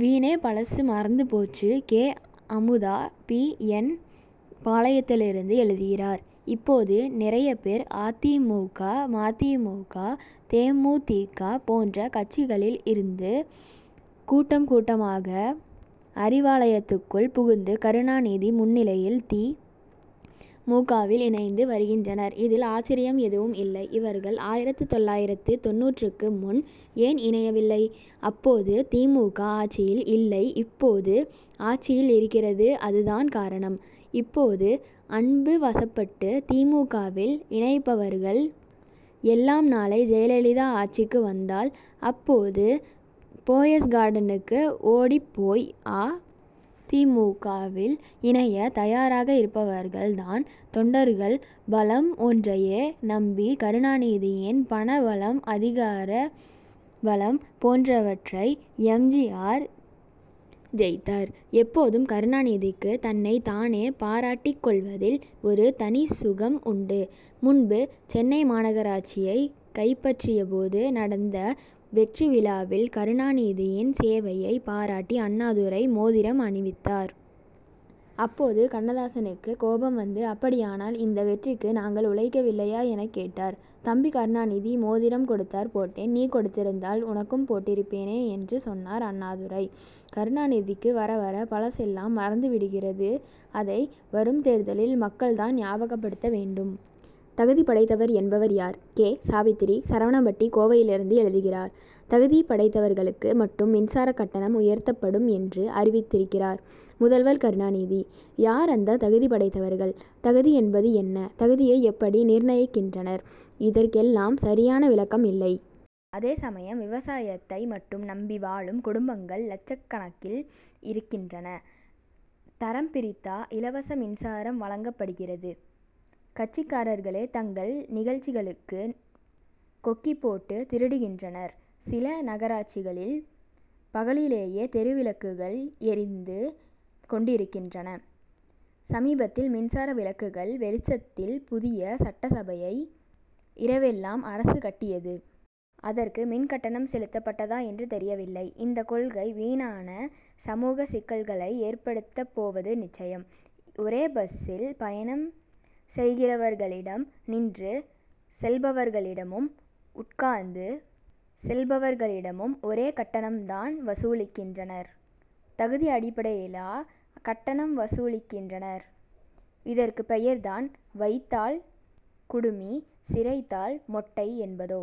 வீணே. பழசு மறந்து போச்சு! கே. அமுதா பி. என். பாளையத்திலிருந்து எழுதுகிறார் இப்போது நிறைய பேர் அ. தி. மு. க. ம. தி. மு. க. தே. மு. தி. க. போன்ற கட்சிகளில் இருந்து கூட்டம் கூட்டமாக அறிவாலயத்துக்குள் புகுந்து கருணாநிதி முன்னிலையில் தி. மு. க.வில் இணைந்து வருகின்றனர் இதில் ஆச்சரியம் எதுவும் இல்லை. இவர்கள் ஆயிரத்து தொள்ளாயிரத்து தொண்ணூற்றாறு-க்கு முன் ஏன் இணையவில்லை? அப்போது தி. மு. க. ஆட்சியில் இல்லை இப்போது ஆட்சியில் இருக்கிறதுஅதுதான் காரணம். இப்போது அன்பு வசப்பட்டு தி. மு. க.வில் இணைபவர்கள் எல்லாம் நாளை ஜெயலலிதா ஆட்சிக்கு வந்தால் அப் போது போயஸ் கார்டனுக்கு ஓடிப்போய் அ. தி. மு. க.வில் இணைய தயாராக இருப்பவர்கள் தான். தொண்டர்கள் பலம் ஒன்றையே நம்பி கருணாநிதியின் பண பலம் அதிகார பலம் போன்றவற்றை எம். ஜி. ஆர். ஜெயித்தார். எப்போதும் கருணாநிதிக்கு தன்னைத் தானே பாராட்டிக் கொள்வதில் ஒரு தனி சுகம் உண்டு. முன்பு சென்னை மாநகராட்சியை கைப்பற்றியபோது நடந்த வெற்றி விழாவில் கருணாநிதியின் சேவையை பாராட்டி அண்ணாதுரை மோதிரம் அணிவித்தார். அப்போது கண்ணதாசனுக்கு கோபம் வந்து அப்படியானால் இந்த வெற்றிக்கு நாங்கள் உழைக்கவில்லையா? எனக் கேட்டார். தம்பி கருணாநிதி மோதிரம் கொடுத்தார் போட்டேன். நீ கொடுத்திருந்தால் உனக்கும் போட்டிருப்பேனே என்று சொன்னார் அண்ணாதுரை. கருணாநிதிக்கு வரவர பழசெல்லாம் மறந்து விடுகிறது. அதை வரும் தேர்தலில் மக்கள் தான் ஞாபகப்படுத்த வேண்டும். தகுதி படைத்தவர் என்பவர் யார்? கே. சாவித்திரி சரவணம்பட்டி கோவையிலிருந்து எழுதுகிறார் தகுதி படைத்தவர்களுக்கு மட்டும் மின்சாரக் கட்டணம் உயர்த்தப்படும் என்று அறிவித்திருக்கிறார் முதல்வர் கருணாநிதி. யார் அந்த தகுதி படைத்தவர்கள்? தகுதி என்பது என்ன தகுதியை எப்படி நிர்ணயிக்கின்றனர்? இதற் கெல்லாம் சரியான விளக்கம் இல்லை. அதே சமயம் விவசாயத்தை மட்டும் நம்பி வாழும் குடும்பங்கள் லட்சக்கணக்கில் இருக்கின்றன. தரம் பிரித்தா இலவச மின்சாரம் வழங்கப்படுகிறது? கட்சிக்காரர்களே தங்கள் நிகழ்ச்சிகளுக்கு கொக்கி போட்டு திருடுகின்றனர். சில நகராட்சிகளில் பகலிலேயே தெரு விளக்குகள் எரிந்து கொண்டிருக்கின்றன. சமீபத்தில் மின்சார விளக்குகள் வெளிச்சத்தில் புதிய சட்டசபையை இரவெல்லாம் அரசு கட்டியது. அதற்கு மின்கட்டணம் செலுத்தப் பட்டதா என்று தெரியவில்லை. இந்த கொள்கை வீணான சமூகச் சிக்கல் களை ஏற்படுத்தப் போவது நிச்சயம். ஒரே பஸ்சில் பயணம் செய்கிறவர்களிடம் நின்று செல்பவர்களிடமும் உட்கார்ந்து செல்பவர்களிடமும் ஒரே கட்டணம் தான் வசூலிக்கின்றனர். தகுதி அடிப்படையிலா கட்டணம் வசூலிக்கின்றனர்? இதற்குப் பெயர் தான் வைத்தால் குடுமி சிரைத் தால் மொட்டை என்பதோ?